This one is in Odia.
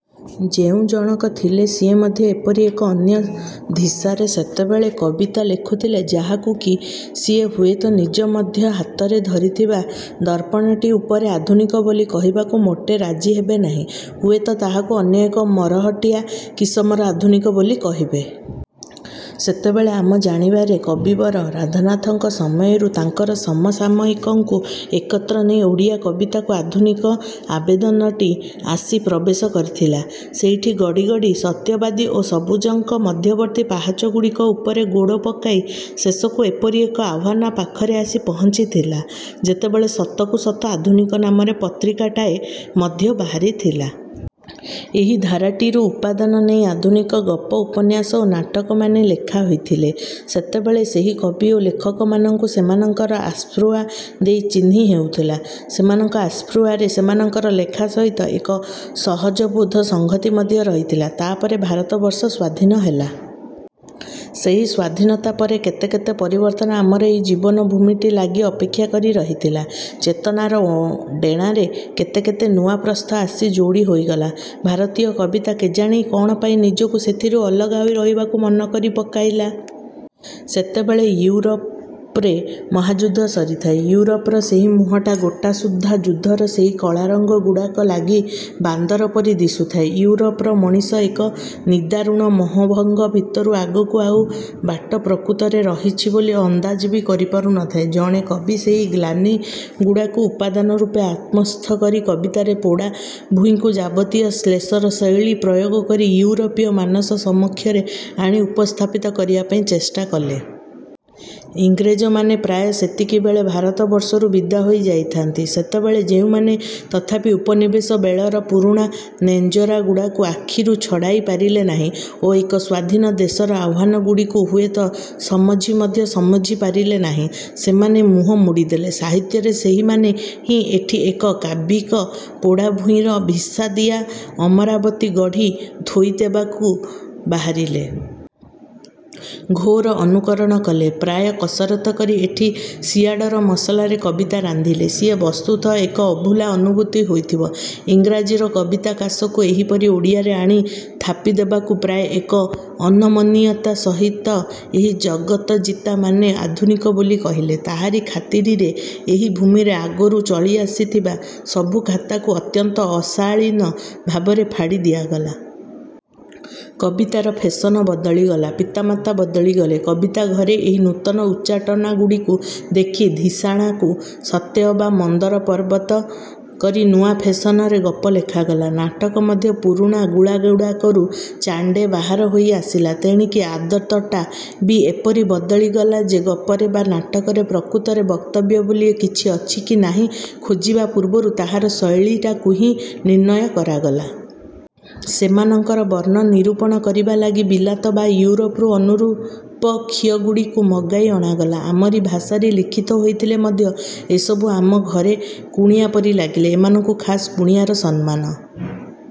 ଯେଉଁ ଜଣକ ଥିଲେ ସିଏ ମଧ୍ୟ ଏପରି ଏକ ଅନ୍ୟ ଧିସାରେ ସେତେବେଳେ କବିତା ଲେଖୁଥଲେ ଯାହାକୁ କି ସିଏ ହୁଏତ ନିଜେ ମଧ୍ୟ ହାତରେ ଧରିଥିବା ଦର୍ପଣଟି ଉପରେ ଆଧୁନିକ ବୋଲି କହିବାକୁ ମୋଟେ ରାଜି ହେବେ ନାହିଁ। ହୁଏତ ତାହାକୁ ଅନ୍ୟ ଏକ ମରହଟିଆ କିସମର ଆଧୁନିକ ବୋଲି କହିବେ। ସେତେବେଳେ ଆମେ ଜାଣିବାରେ କବିବର ରାଧାନାଥଙ୍କ ସମୟରୁ ତାଙ୍କର ସମସାମୟିକଙ୍କୁ ଏକତ୍ର ନେଇ ଓଡ଼ିଆ କବିତାକୁ ଆଧୁନିକ ଆବେଦନଟି ଆସି ପ୍ରବେଶ କରିଥିଲା। ସେଇଟି ଗଡ଼ି ଗଡ଼ି ସତ୍ୟବାଦୀ ଓ ସବୁଜଙ୍କ ମଧ୍ୟବର୍ତ୍ତୀ ପାହାଚଗୁଡ଼ିକ ଉପରେ ଗୋଡ଼ ପକାଇ ଶେଷକୁ ଏପରି ଏକ ଆହ୍ୱାନ ପାଖରେ ଆସି ପହଞ୍ଚିଥିଲା, ଯେତେବେଳେ ସତକୁ ସତ ଆଧୁନିକ ନାମରେ ପତ୍ରିକାଟାଏ ମଧ୍ୟ ବାହାରିଥିଲା। ଏହି ଧାରାଟିରୁ ଉପାଦାନ ନେଇ ଆଧୁନିକ ଗପ, ଉପନ୍ୟାସ ଓ ନାଟକମାନେ ଲେଖା ହୋଇଥିଲେ। ସେତେବେଳେ ସେହି କବି ଓ ଲେଖକମାନଙ୍କୁ ସେମାନଙ୍କର ଆସ୍ପୃହା ଦେଇ ଚିହ୍ନି ହେଉଥିଲା। ସେମାନଙ୍କ ଆସ୍ପୃହାରେ ସେମାନଙ୍କର ଲେଖା ସହିତ ଏକ ସହଜବୋଧ ସଂହତି ମଧ୍ୟ ରହିଥିଲା। ତାପରେ ଭାରତବର୍ଷ ସ୍ୱାଧୀନ ହେଲା। ସେହି ସ୍ୱାଧୀନତା ପରେ କେତେ କେତେ ପରିବର୍ତ୍ତନ ଆମର ଏହି ଜୀବନ ଭୂମିଟି ଲାଗି ଅପେକ୍ଷା କରି ରହିଥିଲା। ଚେତନାର ଡ଼େଣାରେ କେତେ କେତେ ନୂଆ ପ୍ରସ୍ଥ ଆସି ଯୋଡ଼ି ହୋଇଗଲା। ଭାରତୀୟ କବିତା କେଜାଣି କଣ ପାଇଁ ନିଜକୁ ସେଥିରୁ ଅଲଗା ହୋଇ ରହିବାକୁ ମନ କରି ପକାଇଲା। ସେତେବେଳେ ଇଉରୋପରେ ମହାଯୁଦ୍ଧ ସରିଥାଏ। ଇଉରୋପର ସେହି ମୁହଁଟା ଗୋଟାସୁଦ୍ଧା ଯୁଦ୍ଧର ସେହି କଳାରଙ୍ଗ ଗୁଡ଼ାକ ଲାଗି ବାନ୍ଦର ପରି ଦିଶୁଥାଏ। ଇଉରୋପର ମଣିଷ ଏକ ନିଦାରୁଣ ମୋହଭଙ୍ଗ ଭିତରୁ ଆଗକୁ ଆଉ ବାଟ ପ୍ରକୃତରେ ରହିଛି ବୋଲି ଅନ୍ଦାଜ ବି କରିପାରୁନଥାଏ। ଜଣେ କବି ସେହି ଗ୍ଲାନି ଗୁଡ଼ାକୁ ଉପାଦାନ ରୂପେ ଆତ୍ମସ୍ଥ କରି କବିତାରେ ପୋଡ଼ା ଭୂଇଁକୁ ଯାବତୀୟ ଶ୍ଳେଷର ଶୈଳୀ ପ୍ରୟୋଗ କରି ଇଉରୋପୀୟ ମାନସ ସମକ୍ଷରେ ଆଣି ଉପସ୍ଥାପିତ କରିବା ପାଇଁ ଚେଷ୍ଟା କଲେ। ଇଂରେଜମାନେ ପ୍ରାୟ ସେତିକିବେଳେ ଭାରତବର୍ଷରୁ ବିଦା ହୋଇ ଯାଇଥାନ୍ତି। ସେତେବେଳେ ଯେଉଁମାନେ ତଥାପି ଉପନିବେଶ ବେଳର ପୁରୁଣା ନେଞ୍ଜରାଗୁଡ଼ାକୁ ଆଖିରୁ ଛଡ଼ାଇ ପାରିଲେ ନାହିଁ ଓ ଏକ ସ୍ଵାଧୀନ ଦେଶର ଆହ୍ୱାନଗୁଡ଼ିକୁ ହୁଏତ ସମଝି ମଧ୍ୟ ସମଝି ପାରିଲେ ନାହିଁ, ସେମାନେ ମୁହଁ ମୋଡ଼ିଦେଲେ। ସାହିତ୍ୟରେ ସେହିମାନେ ହିଁ ଏଠି ଏକ କାବ୍ୟିକ ପୋଡ଼ାଭୂଇଁର ଫିସାଦିଆ ଅମରାବତୀ ଗଢ଼ି ଥୋଇଦେବାକୁ ବାହାରିଲେ। ଘୋର ଅନୁକରଣ କଲେ, ପ୍ରାୟ କସରତ କରି ଏଠି ସିଆଡ଼ର ମସଲାରେ କବିତା ରାନ୍ଧିଲେ। ସିଏ ବସ୍ତୁତଃ ଏକ ଅଭୁଲା ଅନୁଭୂତି ହୋଇଥିବ। ଇଂରାଜୀର କବିତାକାଶକୁ ଏହିପରି ଓଡ଼ିଆରେ ଆଣି ଥାପିଦେବାକୁ ପ୍ରାୟ ଏକ ଅନମନୀୟତା ସହିତ ଏହି ଜଗତଜିତାମାନେ ଆଧୁନିକ ବୋଲି କହିଲେ। ତାହାରି ଖାତିରିରେ ଏହି ଭୂମିରେ ଆଗରୁ ଚଳି ଆସିଥିବା ସବୁ ଖାତାକୁ ଅତ୍ୟନ୍ତ ଅଶାଳୀନ ଭାବରେ ଫାଡ଼ି ଦିଆଗଲା। କବିତାର ଫେଶନ ବଦଳିଗଲା, ପିତାମାତା ବଦଳିଗଲେ। କବିତା ଘରେ ଏହି ନୂତନ ଉଚ୍ଚାଟନାଗୁଡ଼ିକୁ ଦେଖି ଧୀଷଣାକୁ ସତେଅବା ମନ୍ଦରପର୍ବତ କରି ନୂଆ ଫେସନରେ ଗପ ଲେଖାଗଲା। ନାଟକ ମଧ୍ୟ ପୁରୁଣା ଗୁଳାଗୁଡ଼ାକରୁ ଚାଣ୍ଡେ ବାହାର ହୋଇ ଆସିଲା। ତେଣିକି ଆଦତଟା ବି ଏପରି ବଦଳିଗଲା ଯେ ଗପରେ ବା ନାଟକରେ ପ୍ରକୃତରେ ବକ୍ତବ୍ୟ ବୋଲି କିଛି ଅଛି କି ନାହିଁ ଖୋଜିବା ପୂର୍ବରୁ ତାହାର ଶୈଳୀଟାକୁ ହିଁ ନିର୍ଣ୍ଣୟ କରାଗଲା। ସେମାନଙ୍କର ବର୍ଣ୍ଣ ନିରୂପଣ କରିବା ଲାଗି ବିଲାତ ବା ଇଉରୋପରୁ ଅନୁରୂପ ଖିଅଗୁଡ଼ିକୁ ମଗାଇ ଅଣାଗଲା। ଆମରି ଭାଷାରେ ଲିଖିତ ହୋଇଥିଲେ ମଧ୍ୟ ଏସବୁ ଆମ ଘରେ କୁଣିଆ ପରି ଲାଗିଲେ। ଏମାନଙ୍କୁ ଖାସ୍ କୁଣିଆର ସମ୍ମାନ